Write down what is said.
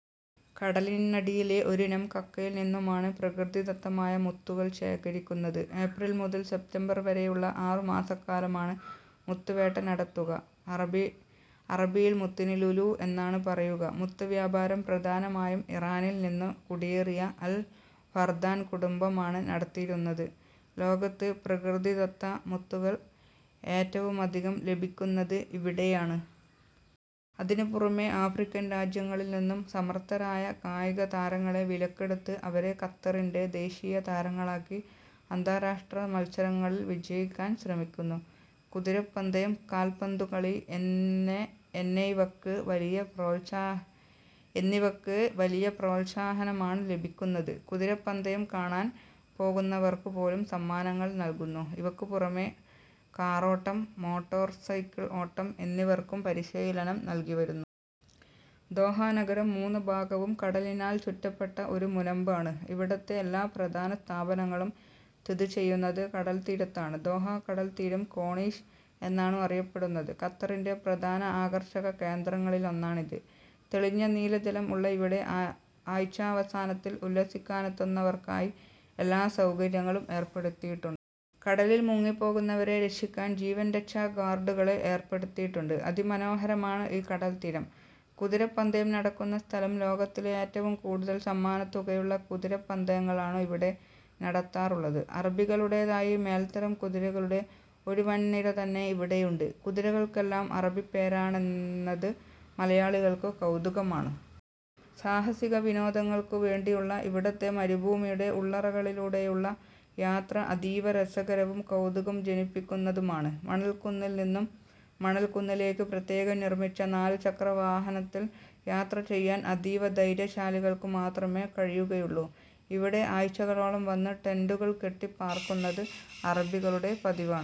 കടലിന്നടിയിലെ ഒരിനം കക്കയിൽ നിന്നുമാണ് പ്രകൃതി ദത്തമായ മുത്തുകൾ ശേഖരിക്കുന്നത്. ഏപ്രിൽ മുതൽ സെപ്റ്റംബർ വരെയുള്ള ആറു മാസക്കാലമാണ് മുത്തു വേട്ട നടത്തുക. അറബിയിൽ മുത്തിനു ലുലു എന്നാണ് പറയുക. മുത്തു വ്യാപാരം പ്രധാനമായും ഇറാനിൽ നിന്നും കുടിയേറിയ അൽ ഫർദാൻ കുടുംബമാണ് നടത്തിയിരുന്നതു. ലോകത്ത് പ്രകൃതിദത്ത മുത്തുകൾ ഏറ്റവുമധികം ലഭിക്കുന്നത് ഇവിടെയാണ്. അതിനു പുറമെ ആഫ്രിക്കൻ രാജ്യങ്ങളിൽ നിന്നും സമർത്ഥരായ കായിക താരങ്ങളെ വിലക്കെടുത്ത് അവരെ ഖത്തറിന്റെ ദേശീയ താരങ്ങളാക്കി അന്താരാഷ്ട്രാ മൽസരങ്ങളിൽ വിജയിക്കാൻ ശ്രമിക്കുന്നു. കുതിരപ്പന്തയം, കാല്പന്തു കളി എന്നൈവക്ക് വലിയ പ്രോൽസാഹനമാണ് ലഭിക്കുന്നത്. കുതിരപ്പന്തയം കാണാൻ പോകുന്നവർക്കു പോലും സമ്മാനങ്ങൾ നൽകുന്നു. ഇവക്കു പുറമെ കാറോട്ടം, മോട്ടോർ സൈക്കിൾ ഓട്ടം എന്നിവക്കും പരിശീലനം നൽകി വരുന്നു. ദോഹ നഗരം മൂന്നുഭാഗവും കടലിനാൽ ചുറ്റപ്പെട്ട ഒരു മുനമ്പ് ആണു. ഇവിടുത്തെ എല്ലാ പ്രധാന സ്ഥാപനങ്ങളും സ്ഥിതിചെയ്യുന്നത് കടൽത്തീരത്താണ്. ദോഹ കടൽ തീരം കോണീഷ് എന്നാണു അറിയപ്പെടുന്നതു. ഖത്തറിന്റെ പ്രധാന ആകർഷക കേന്ദ്രങ്ങളിലൊന്നാണിത്. തെളിഞ്ഞ നീല ജലം ഉള്ള ഇവിടെ ആഴ്ചാവസാനത്തിൽ ഉല്ലസിക്കാനെത്തുന്നവർക്കായി എല്ലാ സൗകര്യങ്ങളും ഏർപ്പെടുത്തിയിട്ടുണ്ട്. കടലിൽ മുങ്ങിപ്പോകുന്നവരെ രക്ഷിക്കാൻ ജീവൻ രക്ഷാ ഗ്വാർഡുകളെ ഏർപ്പെടുത്തിയിട്ടുണ്ട്. അതി മനോഹരമാണു ഈ കടൽത്തീരം. കുതിരപ്പന്തയം നടക്കുന്ന സ്ഥലം. ലോകത്തിലെ ഏറ്റവും കൂടുതൽ സമ്മാനത്തുകയുള്ള കുതിരപ്പന്തയങ്ങളാണു ഇവിടെ നടത്താറുള്ളതു. അറബികളുടെതായി മേൽത്തരം കുതിരകളുടെ ഒരു വൻ നിര തന്നെ ഇവിടെയുണ്ട്. കുതിരകൾക്കെല്ലാം അറബിപ്പേരാണെന്നതു മലയാളികൾക്കു കൗതുകമാണു. സാഹസിക വിനോദങ്ങൾക്കു വേണ്ടിയുള്ള ഇവിടുത്തെ മരുഭൂമിയുടെ ഉള്ളറകളിലൂടെയുള്ള യാത്ര അതീവ രസകരവും കൗതുകം ജനിപ്പിക്കുന്നതുമാണു. മണൽക്കുന്നിൽ നിന്നും മണൽ കുന്നിലേക്ക് പ്രത്യേകം നിർമ്മിച്ച നാലു ചക്ര വഹനത്തിൽ യാത്ര ചെയ്യാൻ അതീവ ധൈര്യശാലികൾക്കു മാത്രമെ കഴിയുകയുള്ളു. ഇവിടെ ആഴ്ചകളോളം വന്ന് ടെന്റുകൾ കെട്ടി പർക്കുന്നത് അറബികളുടെ പതിവാണു.